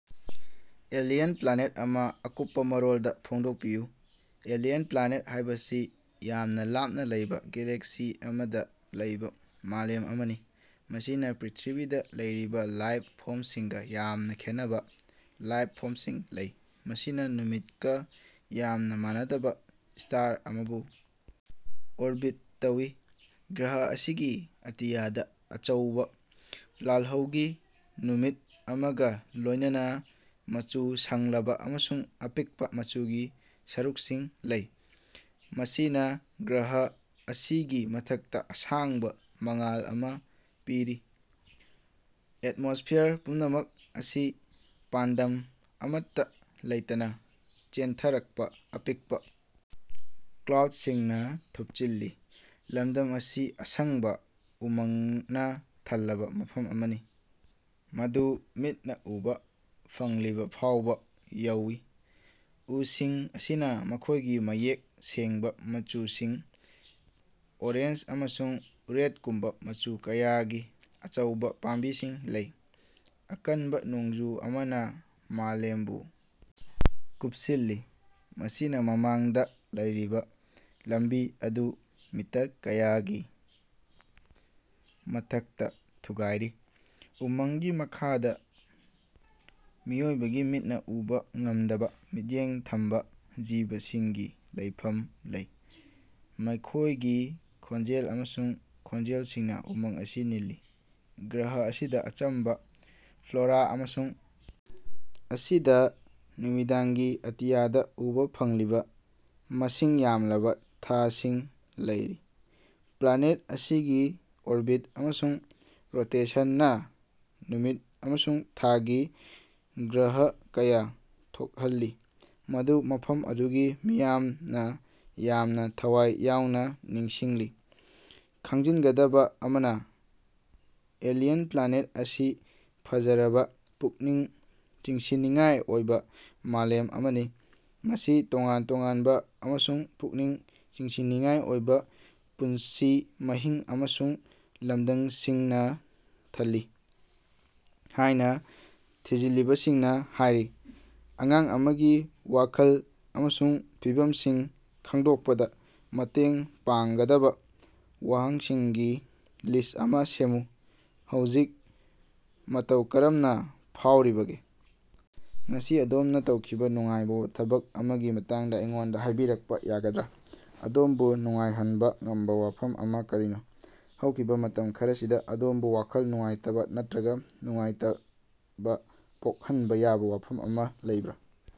Alien planet ꯑꯃꯥ ꯑꯀꯨꯞꯄꯥ ꯃꯔꯣꯜꯗꯥ ꯐꯣꯡꯗꯣꯛꯄꯤꯌꯨ꯫ ꯑꯦꯂꯤꯌꯟ ꯄ꯭ꯂꯥꯅꯦꯠ ꯍꯥꯏꯕꯁꯤ ꯌꯥꯝꯅꯥ ꯂꯥꯞꯅꯥ ꯂꯩꯕꯥ ꯒꯦꯂꯦꯛꯁꯤ ꯑꯃꯗꯥ ꯂꯩꯕꯥ ꯃꯥꯂꯦꯝ ꯑꯃꯅꯤ, ꯃꯁꯤꯅꯥ ꯄ꯭ꯔꯤꯊꯤꯕꯤꯗꯥ ꯂꯩꯔꯤꯕꯥ ꯂꯥꯏꯞ ꯐꯣꯝꯁꯤꯡꯒꯥ ꯌꯥꯝꯅꯥ ꯈꯦꯟꯅꯕꯥ ꯂꯥꯏꯞ ꯐꯣꯝꯁꯤꯡ ꯂꯩ, ꯃꯁꯤꯅꯥ ꯅꯨꯃꯤꯠꯀꯥ ꯌꯥꯝꯅꯥ ꯃꯥꯟꯅꯗꯕꯥ ꯁ꯭ꯇꯥꯔ ꯑꯃꯕꯨ ꯑꯣꯔꯕꯤꯠ ꯇꯧꯏ꯫ ꯒ꯭ꯔꯍ ꯑꯁꯤꯒꯤ ꯑꯇꯤꯌꯥꯗꯥ ꯑꯆꯧꯕꯥ ꯂꯥꯜꯍꯧꯒꯤ ꯅꯨꯃꯤꯠ ꯑꯃꯒꯥ ꯂꯣꯏꯅꯅꯥ ꯃꯆꯨ ꯁꯪꯂꯕꯥ ꯑꯃꯁꯨꯡ ꯑꯄꯤꯛꯄꯥ ꯃꯆꯨꯒꯤ ꯁꯔꯨꯛꯁꯤꯡ ꯂꯩ, ꯃꯁꯤꯅꯥ ꯒ꯭ꯔꯍ ꯑꯁꯤꯒꯤ ꯃꯊꯛꯇꯥ ꯑꯁꯥꯡꯕꯥ ꯃꯉꯥꯜ ꯑꯃꯥ ꯄꯤꯔꯤ꯫ ꯑꯦꯠꯃꯣꯁꯐꯤꯌꯔ ꯄꯨꯝꯅꯃꯛ ꯑꯁꯤ ꯄꯥꯟꯗꯝ ꯑꯃꯠꯇꯥ ꯂꯩꯇꯅꯥ ꯆꯦꯟꯊꯔꯛꯄꯥ ꯑꯄꯤꯛꯄꯥ ꯀ꯭ꯂꯥꯎꯗꯁꯤꯡꯅꯥ ꯊꯨꯞꯆꯤꯜꯂꯤ꯫ ꯂꯝꯗꯝ ꯑꯁꯤ ꯑꯁꯪꯕꯥ ꯎꯃꯪꯅꯥ ꯊꯜꯂꯕꯥ ꯃꯐꯝ ꯑꯃꯅꯤ, ꯃꯗꯨ ꯃꯤꯠꯅꯥ ꯎꯕꯥ ꯐꯪꯂꯤꯕꯥ ꯐꯥꯎꯕꯥ ꯌꯧꯏ꯫ ꯎꯁꯤꯡ ꯑꯁꯤꯅꯥ ꯃꯈꯣꯏꯒꯤ ꯃꯌꯦꯛ ꯁꯦꯡꯕꯥ ꯃꯆꯨꯁꯤꯡ ꯑꯣꯔꯦꯟꯖ ꯑꯃꯁꯨꯡ ꯔꯦꯠꯀꯨꯝꯕꯥ ꯃꯆꯨ ꯀꯌꯥꯒꯤ ꯑꯆꯧꯕꯥ ꯄꯥꯝꯕꯤꯁꯤꯡ ꯂꯩ꯫ ꯑꯀꯟꯕꯥ ꯅꯣꯡꯖꯨ ꯑꯃꯅꯥ ꯃꯥꯂꯦꯝꯕꯨ ꯀꯨꯞꯁꯤꯜꯂꯤ, ꯃꯁꯤꯅꯥ ꯃꯃꯥꯡꯗꯥ ꯂꯩꯔꯤꯕꯥ ꯂꯝꯕꯤ ꯑꯗꯨ ꯃꯤꯇꯔ ꯀꯌꯥꯒꯤ ꯃꯊꯛꯇꯥ ꯊꯨꯒꯥꯏꯔꯤ꯫ ꯎꯃꯪꯒꯤ ꯃꯈꯥꯗꯥ ꯃꯤꯑꯣꯏꯕꯒꯤ ꯃꯤꯠꯅꯥ ꯎꯕꯥ ꯉꯝꯗꯕꯥ ꯃꯤꯠꯌꯦꯡ ꯊꯝꯕꯥ ꯖꯤꯕꯁꯤꯡꯒꯤ ꯂꯩꯐꯝ ꯂꯩ꯫ ꯃꯈꯣꯏꯒꯤ ꯈꯣꯟꯖꯦꯜ ꯑꯃꯁꯨꯡ ꯈꯣꯟꯖꯦꯜꯁꯤꯡꯅꯥ ꯎꯃꯪ ꯑꯁꯤ ꯅꯤꯜꯂꯤ꯫ ꯒ꯭ꯔꯍ ꯑꯁꯤꯗꯥ ꯑꯆꯝꯕꯥ ꯐ꯭ꯂꯣꯔꯥ ꯑꯃꯁꯨꯡ ꯑꯁꯤꯗꯥ ꯅꯨꯃꯤꯗꯥꯡꯒꯤ ꯑꯇꯤꯌꯥꯗꯥ ꯎꯕꯥ ꯐꯪꯂꯤꯕꯥ ꯃꯁꯤꯡ ꯌꯥꯝꯂꯕꯥ ꯊꯥꯁꯤꯡ ꯂꯩꯔꯤ꯫ ꯄ꯭ꯂꯥꯅꯦꯠ ꯑꯁꯤꯒꯤ ꯑꯣꯔꯕꯤꯠ ꯑꯃꯁꯨꯡ ꯔꯣꯇꯦꯁꯟꯅꯥ ꯅꯨꯃꯤꯠ ꯑꯃꯁꯨꯡ ꯊꯥꯒꯤ ꯒ꯭ꯔꯍꯟ ꯀꯌꯥ ꯊꯣꯛꯍꯜꯂꯤ ꯃꯗꯨ ꯃꯐꯝ ꯑꯗꯨꯒꯤ ꯃꯤꯌꯥꯝꯅꯥ ꯌꯥꯝꯅꯥ ꯊꯋꯥꯏ ꯌꯥꯎꯅꯥ ꯅꯤꯡꯁꯤꯡꯂꯤ꯫ ꯈꯪꯖꯤꯟꯒꯗꯕꯥ ꯑꯃꯅꯥ, ꯑꯦꯂꯤꯌꯟ ꯄ꯭ꯂꯥꯅꯦꯠ ꯑꯁꯤ ꯐꯖꯔꯕꯥ, ꯄꯨꯛꯅꯤꯡ ꯆꯤꯡꯁꯤꯟꯅꯤꯡꯉꯥꯏ ꯑꯣꯏꯕꯥ ꯃꯥꯂꯦꯝ ꯑꯃꯅꯤ, ꯃꯁꯤ ꯇꯣꯉꯥꯟ ꯇꯣꯉꯥꯟꯕꯥ ꯑꯃꯁꯨꯡ ꯄꯨꯛꯅꯤꯡ ꯆꯤꯡꯁꯤꯟꯅꯤꯡꯉꯥꯏ ꯑꯣꯏꯕꯥ ꯄꯨꯟꯁꯤ ꯃꯍꯤꯡ ꯑꯃꯁꯨꯡ ꯂꯝꯗꯝꯁꯤꯡꯅꯥ ꯊꯜꯂꯤ ꯍꯥꯏꯅꯥ, ꯊꯤꯖꯤꯟꯂꯤꯕꯥꯁꯤꯡꯅꯥ ꯍꯥꯏꯔꯤ꯫ ꯑꯉꯥꯡ ꯑꯃꯒꯤ ꯋꯥꯈꯜ ꯑꯃꯁꯨꯡ ꯐꯤꯚꯝꯁꯤꯡ ꯈꯪꯗꯣꯛꯄꯗꯥ ꯃꯇꯦꯡ ꯄꯥꯡꯒꯗꯕꯥ ꯋꯥꯍꯪꯁꯤꯡꯒꯤ ꯂꯤꯁ ꯑꯃꯥ ꯁꯦꯝꯃꯨ꯫ ꯍꯧꯖꯤꯛ ꯃꯇꯧ ꯀꯔꯝꯅꯥ ꯐꯥꯎꯔꯤꯕꯒꯦ? ꯉꯁꯤ ꯑꯗꯣꯝꯅꯥ ꯇꯧꯈꯤꯕꯥ ꯅꯨꯡꯉꯥꯏꯕꯥ ꯊꯕꯛ ꯑꯃꯒꯤ ꯃꯇꯥꯡꯗꯥ ꯑꯩꯉꯣꯟꯗꯥ ꯍꯥꯏꯕꯤꯔꯛꯄꯥ ꯌꯥꯒꯗ꯭ꯔꯥ? ꯑꯗꯣꯝꯕꯨ ꯅꯨꯡꯉꯥꯏꯍꯟꯕꯥ ꯉꯝꯕꯥ ꯋꯥꯐꯝ ꯑꯃꯥ ꯀꯔꯤꯅꯣ? ꯍꯧꯈꯤꯕꯥ ꯃꯇꯝ ꯈꯔꯁꯤꯗꯥ ꯑꯗꯣꯝꯕꯨ ꯋꯥꯈꯜ ꯅꯨꯡꯉꯥꯏꯇꯕꯥ ꯅꯠꯇ꯭ꯔꯒꯥ ꯅꯨꯡꯉꯥꯏꯇꯕꯥ ꯄꯣꯛꯍꯟꯕꯥ ꯌꯥꯕꯥ ꯋꯥꯐꯝ ꯑꯃꯥ ꯂꯩꯕꯔꯥ?